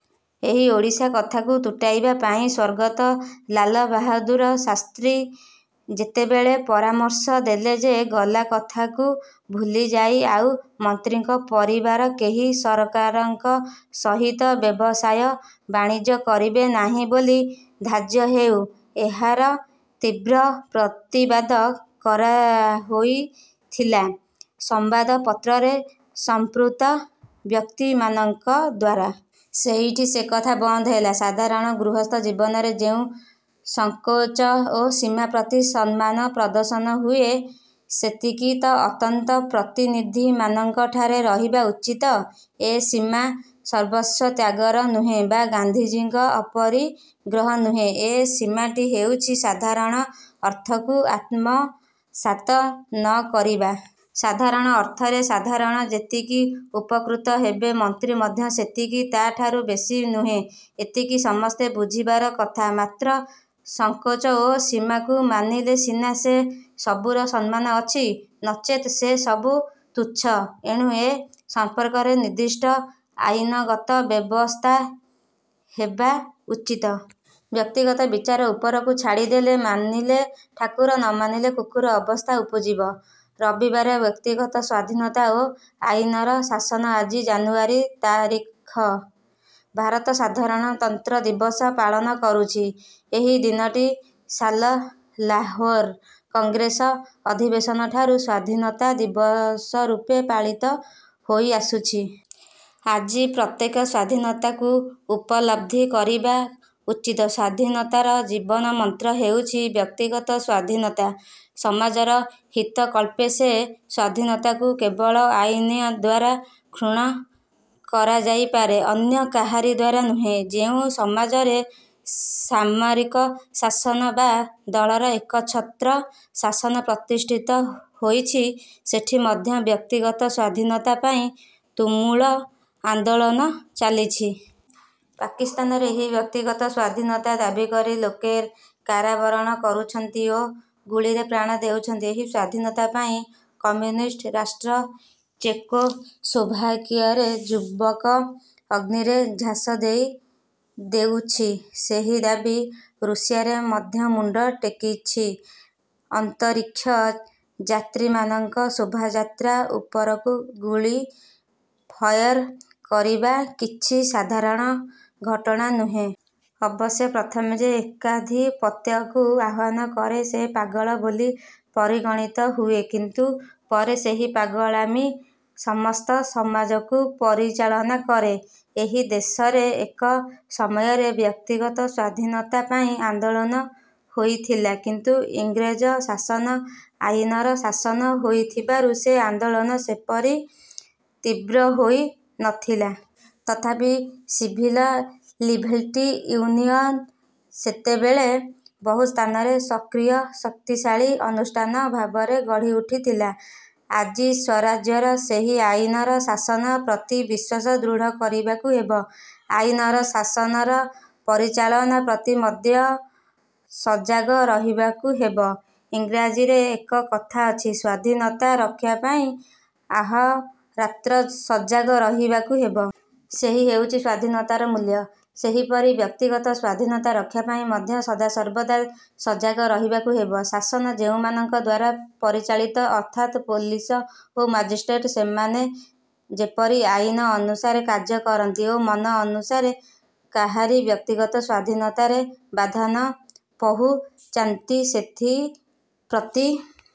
ଏହି ଓଡ଼ିଶା କଥାକୁ ତୁଟାଇବା ପାଇଁ ସ୍ୱର୍ଗତ ଲାଲବାହାଦୂର ଶାସ୍ତ୍ରୀ ଯେତେବେଳେ ପରାମର୍ଶ ଦେଲେ ଯେ ଗଲାକଥାକୁ ଭୁଲିଯାଇ ଆଉ ମନ୍ତ୍ରୀଙ୍କ ପରିବାର କେହି ସରକାରଙ୍କ ସହିତ ବ୍ୟବସାୟ ବାଣିଜ୍ୟ କରିବେ ନାହିଁ ବୋଲି ଧାର୍ଯ୍ୟ ହେଉ। ଏହାର ତୀବ୍ର ପ୍ରତିବାଦ କରାହୋଇଥିଲା ସମ୍ବାଦପତ୍ରରେ ସଂପୃକ୍ତ ବ୍ୟକ୍ତିମାନଙ୍କ ଦ୍ୱାରା। ସେଇଠି ସେ କଥା ବନ୍ଦ ହେଲା। ସାଧାରଣ ଗୃହସ୍ଥ ଜୀବନରେ ଯେଉଁ ସଂକୋଚ ଓ ସୀମା ପ୍ରତି ସମ୍ମାନ ପ୍ରଦର୍ଶନ ହୁଏ ସେତିକି ତ ଅନ୍ତତଃ ପ୍ରତିନିଧିମାନଙ୍କଠାରେ ରହିବା ଉଚିତ। ଏ ସୀମା ସର୍ବସ୍ୱ ତ୍ୟାଗର ନୁହେଁ ବା ଗାନ୍ଧିଜୀଙ୍କ ଅପରିଗ୍ରହ ନୁହେଁ। ଏ ସୀମାଟି ହେଉଛି ସାଧାରଣ ଅର୍ଥକୁ ଆତ୍ମସାତ ନ କରିବା। ସାଧାରଣ ଅର୍ଥରେ ସାଧାରଣ ଯେତିକି ଉପକୃତ ହେବେ ମନ୍ତ୍ରୀ ମଧ୍ୟ ସେତିକି; ତା'ଠାରୁ ବେଶି ନୁହେଁ। ଏତିକି ସମସ୍ତେ ବୁଝିବାର କଥା। ମାତ୍ର ସଂକୋଚ ଓ ସୀମାକୁ ମାନିଲେ ସିନା ସେ ସବୁର ସମ୍ମାନ ଅଛି। ନଚେତ୍ ସେ ସବୁ ତୁଚ୍ଛ। ଏଣୁ ଏ ସମ୍ପର୍କରେ ନିର୍ଦ୍ଦିଷ୍ଟ ଆଇନଗତ ବ୍ୟବସ୍ଥା ହେବା ଉଚିତ। ବ୍ୟକ୍ତିଗତ ବିଚାର ଉପରକୁ ଛାଡ଼ିଦେଲେ ''ମାନିଲେ ଠାକୁର ନ ମାନିଲେ କୁକୁର'' ଅବସ୍ଥା ଉପୁଜିବ। ରବିବାର ବ୍ୟକ୍ତିଗତ ସ୍ୱାଧୀନତା ଓ ଆଇନର ଶାସନ ଆଜି ଜାନୁଆରୀ ତା ରିଖ ଭାରତ ସାଧାରଣତନ୍ତ୍ର ଦିବସ ପାଳନ କରୁଛି। ଏହି ଦିନଟି ସାଲ ଲାହୋର କଂଗ୍ରେସ ଅଧିବେଶନଠାରୁ ସ୍ୱାଧୀନତା ଦିବସରୂପେ ପାଳିତ ହୋଇ ଆସୁଛି। ଆଜି ପ୍ରତ୍ୟେକେ ସ୍ୱାଧୀନତାକୁ ଉପଲବ୍ଧି କରିବା ଉଚିତ। ସ୍ୱାଧୀନତାର ବୀଜମନ୍ତ୍ର ହେଉଛି ବ୍ୟକ୍ତିଗତ ସ୍ୱାଧୀନତା। ସମାଜର ହିତ କଳ୍ପେ ସେ ସ୍ୱାଧୀନତାକୁ କେବଳ ଆଇନଦ୍ୱାରା। କ୍ଷୁଣ୍ଣ କରାଯାଇପାରେ, ଅନ୍ୟ କାହାରି ଦ୍ୱାରା ନୁହେଁ। ଯେଉଁ ସମାଜରେ ସାମରିକ ଶାସନ ବା ଦଳର ଏକଛତ୍ର ଶାସନ ପ୍ରତିଷ୍ଠିତ ହୋଇଛି ସେଠି ମଧ୍ୟ ବ୍ୟକ୍ତିଗତ ସ୍ୱାଧୀନତା ପାଇଁ ତୁମୁଳ ଆନ୍ଦୋଳନ ଚାଲିଛି। ପାକିସ୍ତାନରେ ଏହି ବ୍ୟକ୍ତିଗତ ସ୍ୱାଧୀନତା ଦାବିକରି ଲୋକେ କାରାବରଣ କରୁଛନ୍ତି ଓ ଗୁଳିରେ ପ୍ରାଣ ଦେଉଛନ୍ତି। ଏହି ସ୍ୱାଧୀନତା ପାଇଁ କମ୍ୟୁନିଷ୍ଟ ରାଷ୍ଟ୍ର ଚେକୋସ୍ଲୋଭାକିଆରେ ଯୁବକ ଅଗ୍ନିରେ ଝାସ ଦେଇ ଦେଉଛି। ସେହି ଦାବି ରୁଷିଆରେ ମଧ୍ୟ ମୁଣ୍ଡ ଟେକିଛି। ଅନ୍ତରୀକ୍ଷ ଯାତ୍ରୀମାନଙ୍କ ଶୋଭାଯାତ୍ରା ଉପରକୁ ଗୁଳି ଫଏର କରିବା କିଛି ସାଧାରଣ ଘଟଣା ନୁହେଁ। ଅବଶ୍ୟ ପ୍ରଥମେ ଯେ ଏକାଧିପତ୍ୟକୁ ଆହ୍ୱାନ କରେ ସେ ପାଗଳ ବୋଲି ପରିଗଣିତ ହୁଏ; କିନ୍ତୁ ପରେ ସେହି ପାଗଳାମି ସମସ୍ତ ସମାଜକୁ ପରିଚାଳନା କରେ। ଏହି ଦେଶରେ ଏକ ସମୟରେ ବ୍ୟକ୍ତିଗତ ସ୍ୱାଧୀନତା ପାଇଁ ଆନ୍ଦୋଳନ ହୋଇଥିଲା। କିନ୍ତୁ ଇଂରେଜ ଶାସନ ଆଇନର ଶାସନ ହୋଇଥିବାରୁ ସେ ଆନ୍ଦୋଳନ ସେପରି ତୀବ୍ର ହୋଇ ନଥିଲା। ତଥାପି ସିଭିଲ ଲିବର୍ଟି ୟୁନିଅନ ସେତେବେଳେ ବହୁ ସ୍ଥାନରେ ସକ୍ରିୟ ଶକ୍ତିଶାଳୀ ଅନୁଷ୍ଠାନ ଭାବରେ ଗଢ଼ି ଉଠିଥିଲା। ଆଜି ସ୍ୱରାଜ୍ୟରେ ସେହି ଆଇନର ଶାସନ ପ୍ରତି ବିଶ୍ୱାସ ଦୃଢ଼ କରିବାକୁ ହେବ। ଆଇନର ଶାସନର ପରିଚାଳନା ପ୍ରତି ମଦ୍ୟ ସଜାଗ ରହିବାକୁ ହେବ। ଇଂରେଜୀରେ ଏକ କଥା ଅଛି- ସ୍ୱାଧୀନତା ରକ୍ଷାପାଇଁ ଆହୋରାତ୍ର ସଜାଗ ରହିବାକୁ ହେବ। ସେହି ହେଉଛି ସ୍ୱାଧୀନତାର ମୂଲ୍ୟ। ସେହିପରି ବ୍ୟକ୍ତିଗତ ସ୍ୱାଧୀନତା ରକ୍ଷା ପାଇଁ ମଧ୍ୟ ସଦାସର୍ବଦା ସଜାଗ ରହିବାକୁ ହେବ। ଶାସନ ଯେଉଁମାନଙ୍କ ଦ୍ୱାରା ପରିଚାଳିତ ଅର୍ଥାତ୍ ପୋଲିସ ଓ ମାଜିଷ୍ଟ୍ରେଟ ସେମାନେ ଯେପରି ଆଇନ ଅନୁସାରେ କାର୍ଯ୍ୟ କରନ୍ତି ଓ ମନ ଅନୁସାରେ କାହାରି ବ୍ୟକ୍ତିଗତ ସ୍ୱାଧୀନତାରେ ବାଧା ନ ପହୁଞ୍ଚାନ୍ତି ସେଥିପ୍ରତି